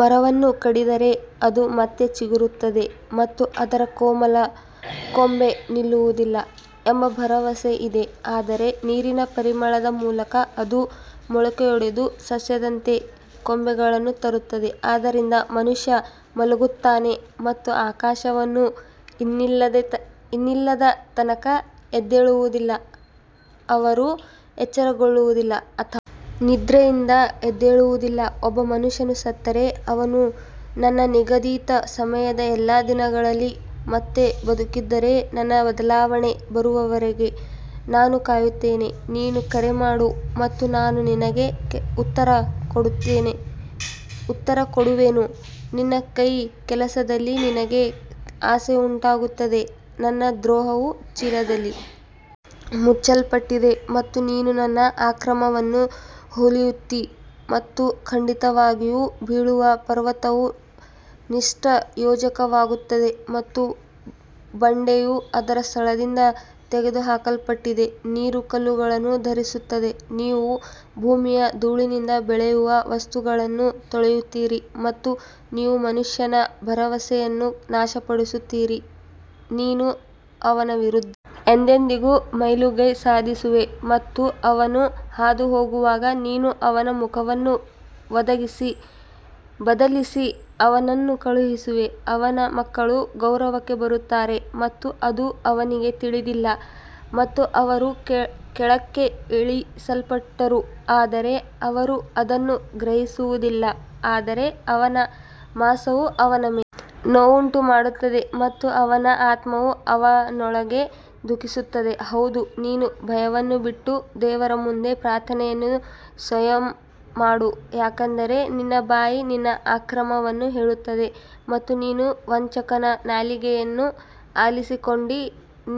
ಮರವನ್ನು ಕಡಿದರೆ ಅದು ಮತ್ತೆ ಚಿಗುರುತ್ತದೆ ಮತ್ತು ಅದರ ಕೋಮಲ ಕೊಂಬೆ ನಿಲ್ಲುವುದಿಲ್ಲ ಎಂಬ ಭರವಸೆ ಇದೆ. ಆದರೂ ನೀರಿನ ಪರಿಮಳದ ಮೂಲಕ ಅದು ಮೊಳಕೆಯೊಡೆದು ಸಸ್ಯದಂತೆ ಕೊಂಬೆಗಳನ್ನು ತರುತ್ತದೆ ಆದ್ದರಿಂದ ಮನುಷ್ಯ ಮಲಗುತ್ತಾನೆ ಮತ್ತು ಆಕಾಶವು ಇನ್ನಿಲ್ಲದ ತನಕ ಎದ್ದೇಳುವುದಿಲ್ಲ, ಅವರು ಎಚ್ಚರಗೊಳ್ಳುವುದಿಲ್ಲ ಅಥವಾ ನಿದ್ರೆಯಿಂದ ಎದ್ದೇಳುವುದಿಲ್ಲ ಒಬ್ಬ ಮನುಷ್ಯನು ಸತ್ತರೆ ಅವನು ನನ್ನ ನಿಗದಿತ ಸಮಯದ ಎಲ್ಲಾ ದಿನಗಳಲ್ಲಿ ಮತ್ತೆ ಬದುಕಿದರೆ ನನ್ನ ಬದಲಾವಣೆ ಬರುವವರೆಗೆ ನಾನು ಕಾಯುತ್ತೇನೆ ನೀನು ಕರೆ ಮಾಡು ಮತ್ತು ನಾನು ನಿನಗೆ ಉತ್ತರ ಕೊಡುವೆನು ನಿನ್ನ ಕೈಕೆಲಸದಲ್ಲಿ ನಿನಗೆ ಆಸೆಯುಂಟಾಗುತ್ತದೆ ನನ್ನ ದ್ರೋಹವು ಚೀಲದಲ್ಲಿ ಮುಚ್ಚಲ್ಪಟ್ಟಿದೆ ಮತ್ತು ನೀನು ನನ್ನ ಅಕ್ರಮವನ್ನು ಹೊಲಿಯುತ್ತೀ ಮತ್ತು ಖಂಡಿತವಾಗಿಯೂ ಬೀಳುವ ಪರ್ವತವು ನಿಷ್ಪ್ರಯೋಜಕವಾಗುತ್ತದೆ ಮತ್ತು ಬಂಡೆಯು ಅದರ ಸ್ಥಳದಿಂದ ತೆಗೆದುಹಾಕಲ್ಪಟ್ಟಿದೆ ನೀರು ಕಲ್ಲುಗಳನ್ನು ಧರಿಸುತ್ತದೆ, ನೀವು ಭೂಮಿಯ ಧೂಳಿನಿಂದ ಬೆಳೆಯುವ ವಸ್ತುಗಳನ್ನು ತೊಳೆಯುತ್ತೀರಿ ಮತ್ತು ನೀವು ಮನುಷ್ಯನ ಭರವಸೆಯನ್ನು ನಾಶಪಡಿಸುತ್ತೀರಿ ನೀನು ಅವನ ವಿರುದ್ಧ ಎಂದೆಂದಿಗೂ ಮೇಲುಗೈ ಸಾಧಿಸುವೆ ಮತ್ತು ಅವನು ಹಾದುಹೋಗುವಾಗ ನೀನು ಅವನ ಮುಖವನ್ನು ಬದಲಿಸಿ ಅವನನ್ನು ಕಳುಹಿಸುವೆ ಅವನ ಮಕ್ಕಳು ಗೌರವಕ್ಕೆ ಬರುತ್ತಾರೆ ಮತ್ತು ಅದು ಅವನಿಗೆ ತಿಳಿದಿಲ್ಲ ಮತ್ತು ಅವರು ಕೆಳಕ್ಕೆ ಇಳಿಸಲ್ಪಟ್ಟರು ಆದರೆ ಅವರು ಅದನ್ನು ಗ್ರಹಿಸುವುದಿಲ್ಲ ಆದರೆ ಅವನ ಮಾಂಸವು ಅವನ ಮೇಲೆ ನೋವುಂಟುಮಾಡುತ್ತದೆ ಮತ್ತು ಅವನ ಆತ್ಮವು ಅವನೊಳಗೆ ದುಃಖಿಸುತ್ತದೆ ಹೌದು ನೀನು ಭಯವನ್ನು ಬಿಟ್ಟು ದೇವರ ಮುಂದೆ ಪ್ರಾರ್ಥನೆಯನ್ನು ಸಂಯಮ ಮಾಡು ಯಾಕಂದರೆ ನಿನ್ನ ಬಾಯಿ ನಿನ್ನ ಅಕ್ರಮವನ್ನು ಹೇಳುತ್ತದೆ ಮತ್ತು ನೀನು ವಂಚಕನ ನಾಲಿಗೆಯನ್ನು ಆರಿಸಿಕೊಂಡಿ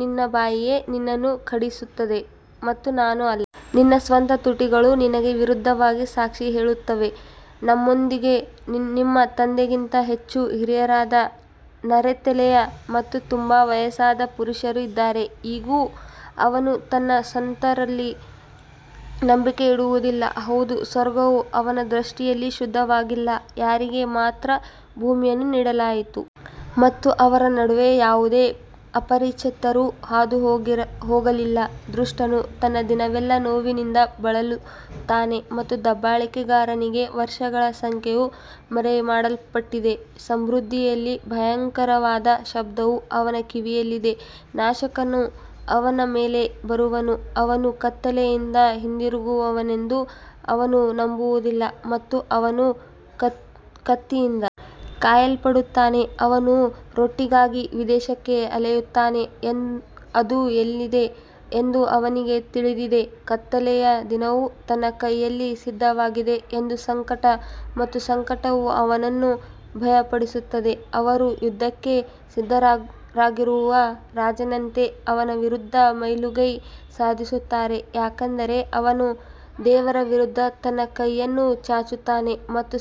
ನಿನ್ನ ಬಾಯಿಯೇ ನಿನ್ನನ್ನು ಖಂಡಿಸುತ್ತದೆ ಮತ್ತು ನಾನು ಅಲ್ಲ ನಿನ್ನ ಸ್ವಂತ ತುಟಿಗಳು ನಿನಗೆ ವಿರುದ್ಧವಾಗಿ ಸಾಕ್ಷಿ ಹೇಳುತ್ತವೆ ನಮ್ಮೊಂದಿಗೆ ನಿಮ್ಮ ತಂದೆಗಿಂತ ಹೆಚ್ಚು ಹಿರಿಯರಾದ ನರೆತಲೆಯ ಮತ್ತು ತುಂಬಾ ವಯಸ್ಸಾದ ಪುರುಷರು ಇದ್ದಾರೆ ಇಗೋ, ಅವನು ತನ್ನ ಸಂತರಲ್ಲಿ ನಂಬಿಕೆ ಇಡುವುದಿಲ್ಲ, ಹೌದು, ಸ್ವರ್ಗವು ಅವನ ದೃಷ್ಟಿಯಲ್ಲಿ ಶುದ್ಧವಾಗಿಲ್ಲ ಯಾರಿಗೆ ಮಾತ್ರ ಭೂಮಿಯನ್ನು ನೀಡಲಾಯಿತು ಮತ್ತು ಅವರ ನಡುವೆ ಯಾವುದೇ ಅಪರಿಚಿತರು ಹಾದುಹೋಗಲಿಲ್ಲ ದುಷ್ಟನು ತನ್ನ ದಿನವೆಲ್ಲಾ ನೋವಿನಿಂದ ಬಳಲುತ್ತಾನೆ ಮತ್ತು ದಬ್ಬಾಳಿಕೆಗಾರನಿಗೆ ವರ್ಷಗಳ ಸಂಖ್ಯೆಯು ಮರೆಮಾಡಲ್ಪಟ್ಟಿದೆ ಸಮೃದ್ಧಿಯಲ್ಲಿ ಭಯಂಕರವಾದ ಶಬ್ದವು ಅವನ ಕಿವಿಯಲ್ಲಿದೆ, ನಾಶಕನು ಅವನ ಮೇಲೆ ಬರುವನು ಅವನು ಕತ್ತಲೆಯಿಂದ ಹಿಂದಿರುಗುವನೆಂದು ಅವನು ನಂಬುವುದಿಲ್ಲ ಮತ್ತು ಅವನು ಕತ್ತಿಯಿಂದ ಕಾಯಲ್ಪಡುತ್ತಾನೆ ಅವನು ರೊಟ್ಟಿಗಾಗಿ ವಿದೇಶಕ್ಕೆ ಅಲೆಯುತ್ತಾನೆ, ಅದು ಎಲ್ಲಿದೆ ಎಂದು ಅವನಿಗೆ ತಿಳಿದಿದೆ, ಕತ್ತಲೆಯ ದಿನವು ತನ್ನ ಕೈಯಲ್ಲಿ ಸಿದ್ಧವಾಗಿದೆ ಎಂದು ಸಂಕಟ ಮತ್ತು ಸಂಕಟವು ಅವನನ್ನು ಭಯಪಡಿಸುತ್ತದೆ, ಅವರು ಯುದ್ಧಕ್ಕೆ ಸಿದ್ಧರಾಗಿರುವ ರಾಜನಂತೆ ಅವನ ವಿರುದ್ಧ ಮೇಲುಗೈ ಸಾಧಿಸುತ್ತಾರೆ ಯಾಕಂದರೆ ಅವನು ದೇವರ ವಿರುದ್ಧ ತನ್ನ ಕೈಯನ್ನು ಚಾಚುತ್ತಾನೆ ಮತ್ತು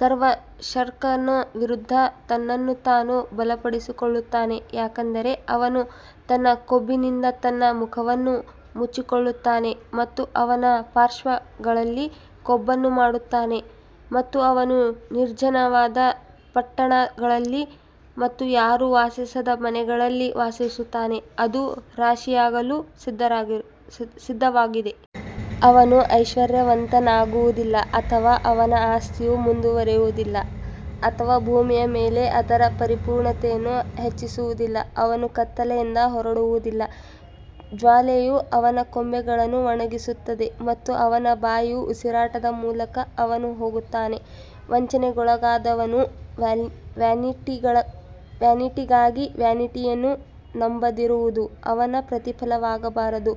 ಸರ್ವಶಕ್ತನ ವಿರುದ್ಧ ತನ್ನನ್ನು ತಾನು ಬಲಪಡಿಸಿಕೊಳ್ಳುತ್ತಾನೆ ಯಾಕಂದರೆ ಅವನು ತನ್ನ ಕೊಬ್ಬಿನಿಂದ ತನ್ನ ಮುಖವನ್ನು ಮುಚ್ಚಿಕೊಳ್ಳುತ್ತಾನೆ ಮತ್ತು ಅವನ ಪಾರ್ಶ್ವಗಳಲ್ಲಿ ಕೊಬ್ಬನ್ನು ಮಾಡುತ್ತಾನೆ ಮತ್ತು ಅವನು ನಿರ್ಜನವಾದ ಪಟ್ಟಣಗಳಲ್ಲಿ ಮತ್ತು ಯಾರೂ ವಾಸಿಸದ ಮನೆಗಳಲ್ಲಿ ವಾಸಿಸುತ್ತಾನೆ, ಅದು ರಾಶಿಯಾಗಲು ಸಿದ್ಧವಾಗಿದೆ. ಅವನು ಐಶ್ವರ್ಯವಂತನಾಗುವದಿಲ್ಲ ಅಥವಾ ಅವನ ಆಸ್ತಿಯು ಮುಂದುವರಿಯುವದಿಲ್ಲ ಅಥವಾ ಭೂಮಿಯ ಮೇಲೆ ಅದರ ಪರಿಪೂರ್ಣತೆಯನ್ನು ಹೆಚ್ಚಿಸುವದಿಲ್ಲ ಅವನು ಕತ್ತಲೆಯಿಂದ ಹೊರಡುವದಿಲ್ಲ, ಜ್ವಾಲೆಯು ಅವನ ಕೊಂಬೆಗಳನ್ನು ಒಣಗಿಸುತ್ತದೆ ಮತ್ತು ಅವನ ಬಾಯಿಯ ಉಸಿರಾಟದ ಮೂಲಕ ಅವನು ಹೋಗುತ್ತಾನೆ ವಂಚನೆಗೊಳಗಾದವನು ವ್ಯಾನಿಟಿಗಾಗಿ ವ್ಯಾನಿಟಿಯನ್ನು ನಂಬದಿರುವುದು ಅವನ ಪ್ರತಿಫಲವಾಗಬಾರದು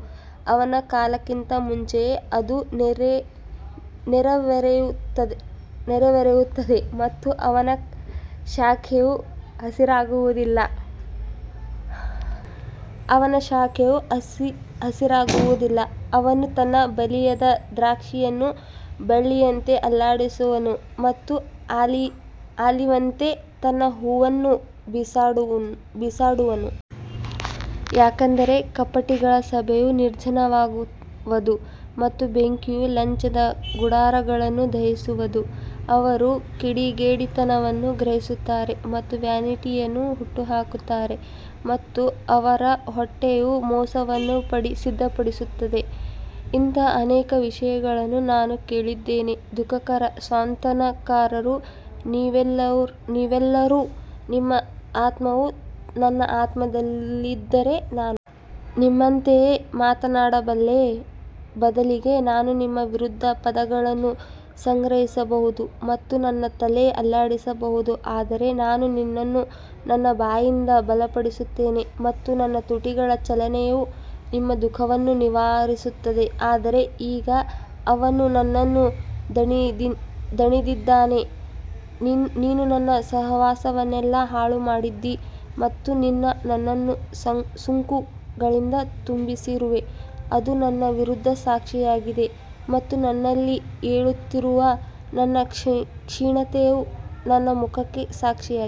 ಅವನ ಕಾಲಕ್ಕಿಂತ ಮುಂಚೆಯೇ ಅದು ನೆರವೇರುತ್ತದೆ ಮತ್ತು ಅವನ ಶಾಖೆಯು ಹಸಿರಾಗಿರುವುದಿಲ್ಲ ಅವನು ತನ್ನ ಬಲಿಯದ ದ್ರಾಕ್ಷಿಯನ್ನು ಬಳ್ಳಿಯಂತೆ ಅಲ್ಲಾಡಿಸುವನು ಮತ್ತು ಆಲಿವ್ನಂತೆ ತನ್ನ ಹೂವನ್ನು ಬಿಸಾಡುವನು. ಯಾಕಂದರೆ ಕಪಟಿಗಳ ಸಭೆಯು ನಿರ್ಜನವಾಗುವದು ಮತ್ತು ಬೆಂಕಿಯು ಲಂಚದ ಗುಡಾರಗಳನ್ನು ದಹಿಸುವದು. ಅವರು ಕಿಡಿಗೇಡಿತನವನ್ನು ಗ್ರಹಿಸುತ್ತಾರೆ ಮತ್ತು ವ್ಯಾನಿಟಿಯನ್ನು ಹುಟ್ಟುಹಾಕುತ್ತಾರೆ ಮತ್ತು ಅವರ ಹೊಟ್ಟೆಯು ಮೋಸವನ್ನು ಸಿದ್ಧಪಡಿಸುತ್ತದೆ ಇಂತಹ ಅನೇಕ ವಿಷಯಗಳನ್ನು ನಾನು ಕೇಳಿದ್ದೇನೆ ದುಃಖಕರ ಸಾಂತ್ವನಕಾರರು ನೀವೆಲ್ಲರೂ ನಿಮ್ಮ ಆತ್ಮವು ನನ್ನ ಆತ್ಮದಲ್ಲಿದ್ದರೆ ನಾನು ನಿಮ್ಮಂತೆಯೇ ಮಾತನಾಡಬಲ್ಲೆ, ಬದಲಿಗೆ ನಾನು ನಿಮ್ಮ ವಿರುದ್ಧ ಪದಗಳನ್ನು ಸಂಗ್ರಹಿಸಬಹುದು ಮತ್ತು ನನ್ನ ತಲೆ ಅಲ್ಲಾಡಿಸಬಹುದು ಆದರೆ ನಾನು ನಿನ್ನನ್ನು ನನ್ನ ಬಾಯಿಯಿಂದ ಬಲಪಡಿಸುತ್ತೇನೆ ಮತ್ತು ನನ್ನ ತುಟಿಗಳ ಚಲನೆಯು ನಿಮ್ಮ ದುಃಖವನ್ನು ನಿವಾರಿಸುತ್ತದೆ ಆದರೆ ಈಗ ಅವನು ನನ್ನನ್ನು ದಣಿದಿದ್ದಾನೆ, ನೀನು ನನ್ನ ಸಹವಾಸವನ್ನೆಲ್ಲಾ ಹಾಳು ಮಾಡಿದ್ದೀ ಮತ್ತು ನೀನು ನನ್ನನ್ನು ಸುಕ್ಕುಗಳಿಂದ ತುಂಬಿಸಿರುವೆ, ಅದು ನನ್ನ ವಿರುದ್ಧ ಸಾಕ್ಷಿಯಾಗಿದೆ ಮತ್ತು ನನ್ನಲ್ಲಿ ಏಳುತ್ತಿರುವ ನನ್ನ ಕ್ಷೀಣತೆಯು ನನ್ನ ಮುಖಕ್ಕೆ ಸಾಕ್ಷಿಯಾಗಿದೆ.